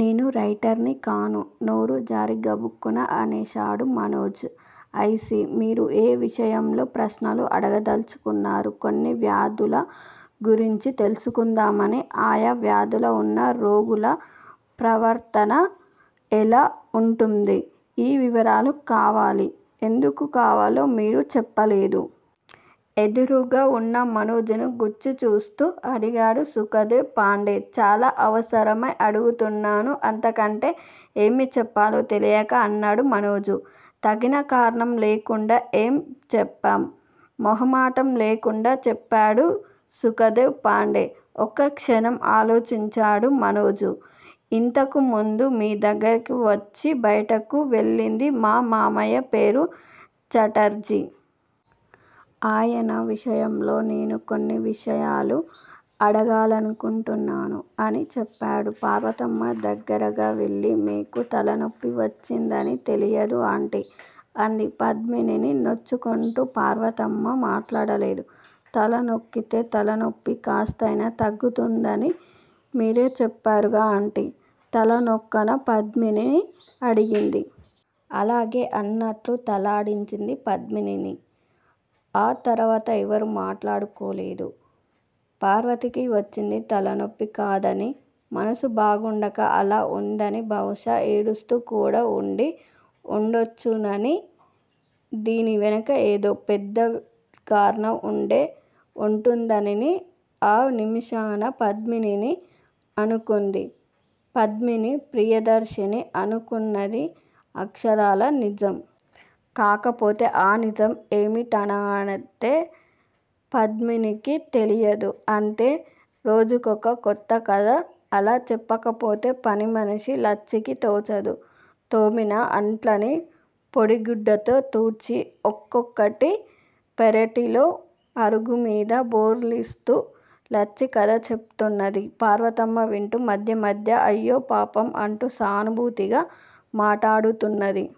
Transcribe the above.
నేను రైటర్ ని కాను నోరు జారి గబుక్కున అనేశాడు మనోజ్. ఐ. సీ! మీరు ఏ విషయంలో ప్రశ్నలు అడగదలచుకున్నారు? కొన్ని వ్యాధుల గురించి తెలుసుకుందామని ఆయా వ్యాధులు వున్న రోగుల ప్రవర్తన ఎలా వుంటుంది? ఈ వివరాలు కావాలి! ఎందుకు కావాలో మీరు చెప్పలేదు? ఎదురుగా వున్న మనోజుని గుచ్చి చూస్తూ అడిగాడు సుఖదేవ్ పాండే. చాలా అవసరమై అడుగుతున్నాను అంతకంటే ఏమి చెప్పాలో తెలియక అన్నాడు మనోజు. తగిన కారణం లేకుండా ఏం చెప్పం. మొహమాటం లేకుండా చెప్పేశాడు సుఖదేవ్ పాండే. ఒక్కక్షణం ఆలోచించాడు మనోజు. ఇంతకుముందు మీ దగ్గరికి వచ్చి బయటకు వెళ్ళింది మా మావయ్య పేరు ఛటర్జీ. ఆయన విషయంలో నేను కొన్ని ప్రశ్నలు అడగాలనుకుంటున్నాను అని చెప్పాడు. పార్వతమ్మ దగ్గరగా వెళ్ళి మీకు తలనొప్పి వచ్చిందని తెలియదు ఆంటీ! అంది పద్మినిని నొచ్చుకుంటూ. పార్వతమ్మ మాట్లాడలేదు. తల నొక్కితే తలనొప్పి కాస్తయినా తగ్గుతుందని మీరే చెప్పారుగా ఆంటీ! తల నొక్కనా! పద్మిని అడిగింది. అలాగే అన్నట్లు తలాడించింది పద్మినిని. ఆ తర్వాత ఎవరూ మాట్లాడుకోలేదు. పార్వతమ్మకి వచ్చింది తలనొప్పి కాదని మనసు బాగుండక అలా ఉందని బహుశా ఏడుస్తూ కూడా ఉండి ఉండొచ్చుననీ దీని వెనుక యేదో పెద్ద కారణం ఉండే ఉంటుందనీనిను ఆ నిమిషాన పద్మినిని అనుకుంది. పద్మిని ప్రియదర్శిని అనుకుంది అక్షరాల నిజం. కాకపోతే ఆ నిజం యేమిటిఅనద్దే పద్మినికి తెలియదు. అంతే! రోజుకో కొత్త కథ. అలా చెప్పకపోతే పనిమనిషి లచ్చికి తోచదు. తోమిన అంట్లని పొడిగుడ్డతో తుడిచి ఒక్కొక్కటి పెరటిలో అరుగుమీద బోర్లిస్తూ లచ్చి కథ చెప్తున్నది. పార్వతమ్మ వింటూ మధ్య మధ్య అయ్యో పాపం! అంటూ సానుభూతిగా మాటాడుతున్నది.